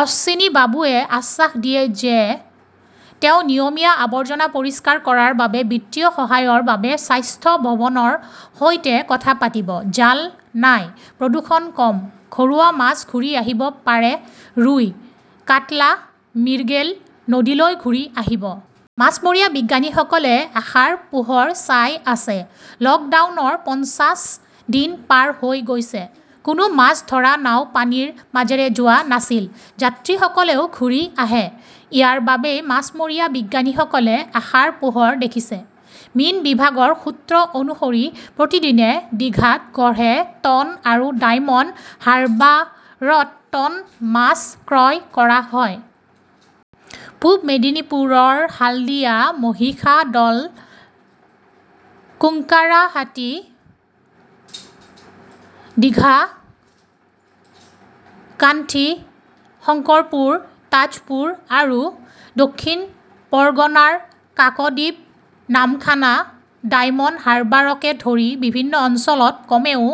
অশ্বিনী বাবুৱে আশ্বাস দিয়ে যে তেওঁ নিয়মীয়া আৱৰ্জনা পৰিষ্কাৰ কৰাৰ বাবে বিত্তীয় সহায়ৰ বাবে স্বাস্থ্য ভৱনৰ সৈতে কথা পাতিব। জাল নাই, প্ৰদূষণ কম, ঘৰুৱা মাছ ঘূৰি আহিব পাৰে ৰুই, কাটলা, মিৰ্গেল নদীলৈ ঘূৰি আহিব। মাছমৰীয়া বিজ্ঞানীসকলে আশাৰ পোহৰ চাই আছে। লকডাউনৰ পঞ্চাশ দিন পাৰ হৈ গৈছে। কোনো মাছ ধৰা নাও পানীৰ মাজেৰে যোৱা নাছিল। যাত্ৰীসকলেও ঘূৰি আহে। ইয়াৰ বাবেই মাছমৰীয়া বিজ্ঞানীসকলে আশাৰ পোহৰ দেখিছে। মীন বিভাগৰ সূত্ৰ অনুসৰি প্ৰতিদিনে ডিঘাত গড়ে টন আৰু ডায়মণ্ড হাৰ্বাৰত টন মাছ ক্ৰয় কৰা হয়। পূৱ মেদিনীপুৰৰ হালদিয়া, মহিষাদল, কুঙ্কাৰাহাটি, ডিঘা, কান্থী, শংকৰপুৰ, তাজপুৰ আৰু দক্ষিণ পৰগনাৰ কাকদ্বীপ, নামখানা, ডায়মণ্ড হাৰ্বাৰকে ধৰি বিভিন্ন অঞ্চলত কমেও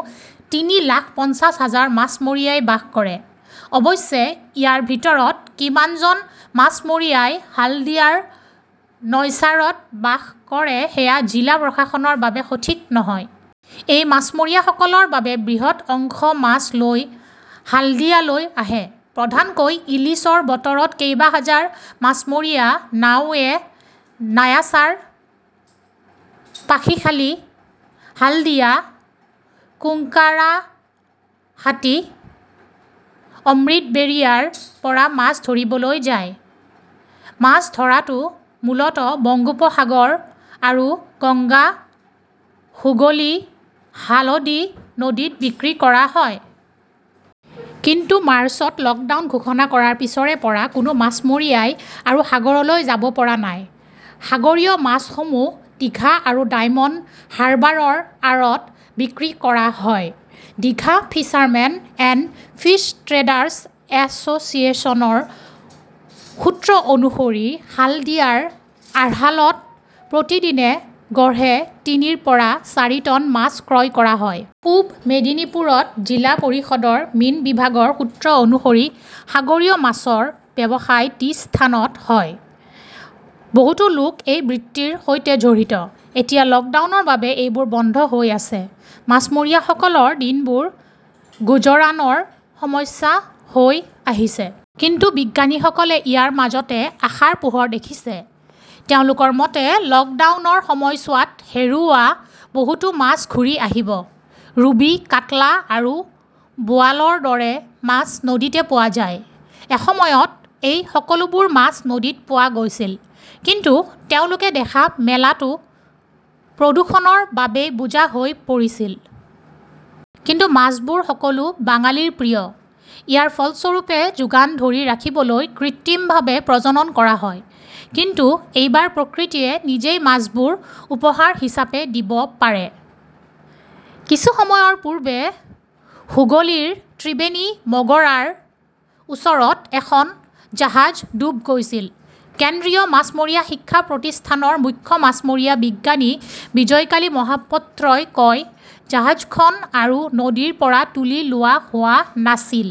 তিনি লাখ পঞ্চাশ হাজাৰ মাছমৰীয়াই বাস কৰে। অৱশ্যে, ইয়াৰ ভিতৰত কিমানজন মাছমৰীয়াই হালদিয়াৰ নয়চাৰত বাস কৰে সেয়া জিলা প্ৰশাসনৰ বাবে সঠিক নহয়। এই মাছমৰীয়াসকলৰ বাবে বৃহৎ অংশ মাছ লৈ হাল্ডিয়ালৈ আহে। প্ৰধানকৈ ইলিছৰ বতৰত কেইবাহাজাৰ মাছমৰীয়া নাওয়ে নায়াচাৰ, পাখিখালী, হালদিয়া, কুঙ্কৰাহাটি, অমৃতবেৰিয়াৰ পৰা মাছ ধৰিবলৈ যায়। মাছ ধৰাটো মূলতঃ বংগোপসাগৰ আৰু গংগা-হুগলী-হালদী নদীত বিক্ৰী কৰা হয়। কিন্তু মাৰ্চত লকডাউন ঘোষণা কৰাৰ পিছৰে পৰা কোনো মাছমৰীয়াই আৰু সাগৰলৈ যাব পৰা নাই। সাগৰীয় মাছসমূহ ডিঘা আৰু ডায়মণ্ড হাৰ্বাৰৰ আঁৰত বিক্ৰী কৰা হয়। Digha fishermen and fish traders এছ চিয়েশ্যনৰ সূত্ৰ অনুসৰি, হালদিয়াৰ আড়ালত প্ৰতিদিনে গড়ে তিনিৰ পৰা চাৰি টন মাছ ক্ৰয় কৰা হয়। পূব মেদিনীপুৰত জিলা পৰিষদৰ মীন বিভাগৰ সূত্ৰ অনুসৰি, সাগৰীয় মাছৰ ব্যৱসায় টি স্থানত হয়। বহুতো লোক এই বৃত্তিৰ সৈতে জড়িত। এতিয়া লকডাউনৰ বাবে এইবোৰ বন্ধ হৈ আছে। মাছমৰীয়াসকলৰ দিনবোৰ গুজৰাণৰ সমস্যা হৈ আহিছে। কিন্তু বিজ্ঞানীসকলে ইয়াৰ মাজতে আশাৰ পোহৰ দেখিছে। তেওঁলোকৰ মতে, লকডাউনৰ সময়ছোৱাত হেৰুওৱা বহুতো মাছ ঘূৰি আহিব। ৰুৱী, কাটলা, আৰু বোৱালৰ দৰে মাছ নদীতে পোৱা যায়। এসময়ত এই সকলোবোৰ মাছ নদীত পোৱা গৈছিল। কিন্তু তেওঁলোকে দেখা মেলাটো প্ৰদূষণৰ বাবেই বোজা হৈ পৰিছিল। কিন্তু মাছবোৰ সকলো বাঙালীৰ প্ৰিয়। ইয়াৰ ফলস্বৰূপে যোগান ধৰি ৰাখিবলৈ কৃত্ৰিমভাৱে প্ৰজনন কৰা হয়। কিন্তু এইবাৰ প্ৰকৃতিয়ে নিজেই মাছবোৰ উপহাৰ হিচাপে দিব পাৰে। কিছু সময়ৰ পূৰ্বে হুগলীৰ ত্ৰিবেণী মগৰাৰ ওচৰত এখন জাহাজ ডুব গৈছিল, কেন্দ্ৰীয় মাছমৰীয়া শিক্ষা প্ৰতিষ্ঠানৰ মুখ্য মাছমৰীয়া বিজ্ঞানী বিজয়কালী মহাপত্ৰই কয়। জাহাজখন আৰু নদীৰ পৰা তুলি লোৱা হোৱা নাছিল।